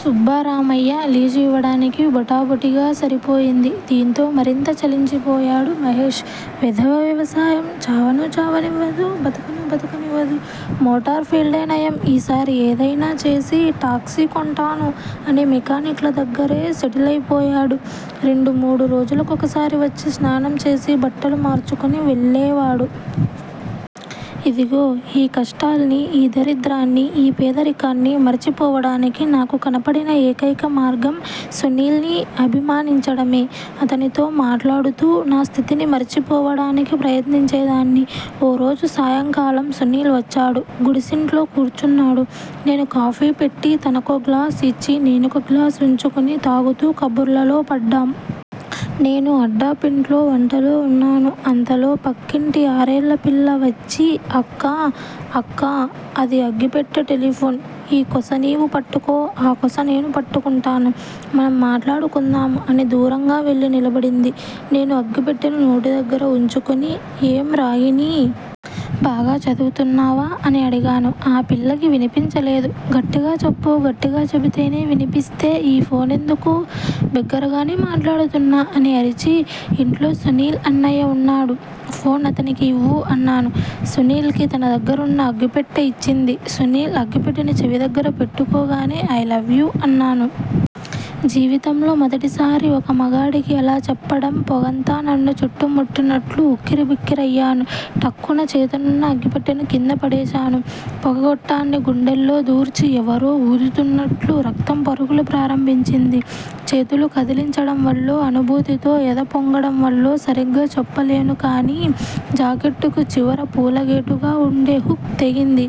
Subbaramaiah lease ఇవ్వడానికి బొటాబొటిగా సరిపోయింది. దీంతో మరింత చలించిపోయాడు మహేష్. వెధవ వ్యవసాయం చావానూ చావనివ్వదు, బతకనూ బతకనివ్వదు. మోటార్ ఫీల్డేనయం. ఈసారి ఏదైనా చేసి టాక్సీ కొంటాను అని మెకానిక్ ల దగ్గరే సెటిలైపోయాడు. రెండు మూడు రోజులకొకసారి వచ్చి స్నానం చేసి బట్టలు మార్చుకుని వెళ్ళేవాడు. ఇదిగో ఈ కష్టాల్ని, ఈ దరిద్రాన్ని, ఈ పేదరికాన్ని మరచిపోవడానికి నాకు కనపడిన ఏకైక మార్గం సునీల్ ని అభిమానించడమే. అతనితో మాట్లాడుతూ నా స్థితిని మరిచిపోవడానికి ప్రయత్నించేదాన్ని. ఓరోజు సాయంకాలం సునీల్ వచ్చాడు. గుడిసింట్లో కూర్చున్నాడు. నేను కాఫీ పెట్టి తనకో గ్లాస్ ఇచ్చి, నేనొక గ్లాస్ వుంచుకుని తాగుతూ కబుర్లలో పడ్డాం. నేను అడ్డాపింట్లో వంటలో వున్నాను. అంతలో పక్కింటి ఆరేళ్ళపిల్ల వచ్చి అక్కా! అక్కా! అది అగ్గెపెట్టె టెలిఫోన్. ఈ కొస నీవు పట్టుకో, ఆ కొస నేను పట్టుకుంటాను. మనం మాట్లాడుకుందాము అని దూరంగా వెళ్ళి నిలబడింది. నేను అగ్గిపెట్టెను నోటిదగ్గర వుంచుకొని, ఏం రాయిణీ! బాగా చదువుతున్నావా? అని అడిగాను. ఆ పిల్లకి వినిపించలేదు. గట్టిగా చెప్పు గట్టిగా చెబితేనే వినిపిస్తే ఈ ఫోనెందుకు? బిగ్గరగానే మాట్లాడుతున్నా అని అరిచి, ఇంట్లో సునీల్ అన్నయ్య వున్నాడు, ఫోన్ అతనికి ఇవ్వు అన్నాను. సునీల్ కి తన దగ్గరున్న అగ్గిపెట్టె యిచ్చింది. సునీల్ అగ్గిపెట్టెను చెవి దగ్గర పెట్టుకోగానే ఐ లవ్ యు అన్నాను. జీవితంలో మొదటిసారి ఒక మగాడికి అలా చెప్పడం పొగంతా నన్ను చుట్టుముట్టినట్లు ఉక్కిరిబిక్కిరయ్యాను. ఠక్కున చేతనున్న అగ్గిపెట్టెను కిందపడేశాను. పొగ గొట్టాన్ని గుండెల్లో దూర్చి ఎవరో వూదుతున్నట్లు రక్తం పరుగులు ప్రారంభించింది. చేతులు కదిలించడం వల్లో అనుభూతితో ఎద పొంగడం వల్లో సరిగ్గా చెప్పలేనుకాని జాకెట్టుకు చివర పూలగేటుగా వుండే హుక్ తెగింది.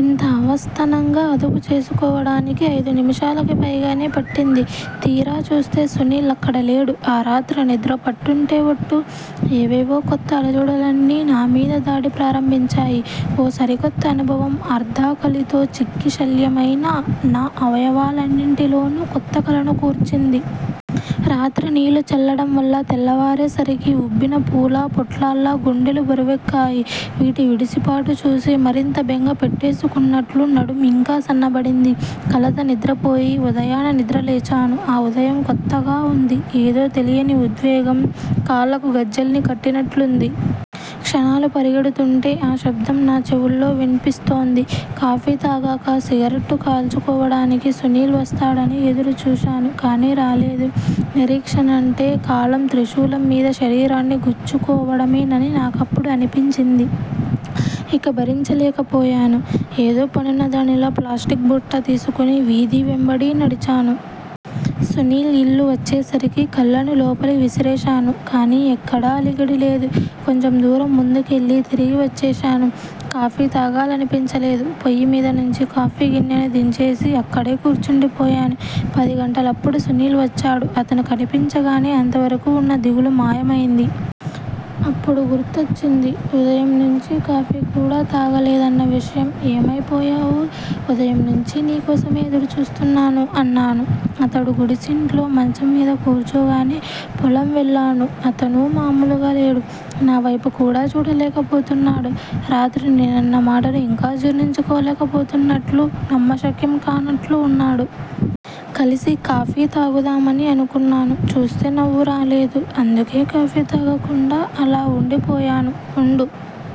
ఇంత అవస్థనంగా అదుపు చేసుకోవడానికి ఐదు నిముషాలకి పైగానే పట్టింది. తీరా చూస్తే సునీల్ అక్కడ లేడు. ఆ రాత్రి నిద్ర పట్టుంటే ఒట్టు. ఏవేవో కొత్త అలజడులన్నీ నామీద దాడి ప్రారంభించాయి. ఓ సరికొత్త అనుభవం అర్ధాకలితో చిక్కిశల్యమైన నా అవయవాలన్నిటిలోనూ కొత్త కళను కూర్చింది. రాత్రి నీళ్ళు చల్లడం వల్ల తెల్లవారేసరికి ఉబ్బిన పూల పొట్లాల్లా గుండెలు బరువెక్కాయి. వీటి విడిసిపాటు చూసి మరింత బెంగ పెట్టేసుకున్నట్లు నడుం ఇంకా సన్నబడింది. కలత నిద్రపోయి, ఉదయాన నిద్ర లేచాను, ఆ ఉదయం కొత్తగా, వుంది. ఏదో తెలియని ఉద్వేగం కాళ్ళకు గజ్జెల్ని కట్టినట్లుంది. క్షణాలు పరిగెడుతుంటే, ఆ శబ్దం నా చెవుల్లో విన్పిస్తోంది. కాఫీ తాగాక సిగరెట్టు కాల్చుకోవడానికి సునీల్ వస్తాడని ఎదురు చూశాను కానీ రాలేదు. నిరీక్షణంటే కాలం త్రిశూలం మీద శరీరాన్ని గుచ్చుకోవడమేనని నాకప్పుడు అనిపించింది. ఇక భరించలేక పోయాను. ఏదో పనున్న దానిలా ప్లాస్టిక్ బుట్ట తీసుకుని వీధి వెంబడి నడిచాను. సునీల్ ఇల్లు వచ్చేసరికి కళ్ళను లోపలి విసిరేశాను. కానీ ఎక్కడా అలికిడి లేదు. కొంచెం దూరం ముందుకెళ్ళి, తిరిగి వచ్చేశాను. కాఫీ తాగాలనిపించలేదు. పొయ్యిమీద నుంచి కాఫీ గిన్నెను దించేసి అక్కడే కూర్చుండిపోయాను. పదిగంటలప్పుడు సునీల్ వచ్చాడు. అతను కనిపించగానే అంతవరకు వున్న దిగులు మాయమైంది. అప్పుడు గుర్తొచ్చింది ఉదయం నుంచీ కాఫీ కూడా తాగలేదన్న విషయం ఏమైపోయావు? ఉదయం నుంచీ నీ కోసమే ఎదురుచూస్తున్నాను అన్నాను అతను గుడిసింట్లో మంచం మీద కూర్చోగానే. పొలం వెళ్ళాను అతనూ మామూలుగా లేడు. నావైపు కూడా చూడలేకపోతున్నాడు. రాత్రి నేనన్న మాటను ఇంకా జీర్ణించుకోలేక పోతున్నట్లు, నమ్మశక్యం కానట్లు వున్నాడు. కలిసి కాఫీ తాగుదామని అనుకున్నాను. చూస్తే నువ్వు రాలేదు. అందుకే కాఫీ తాగకుండా అలా వుండిపోయాను. వుండు-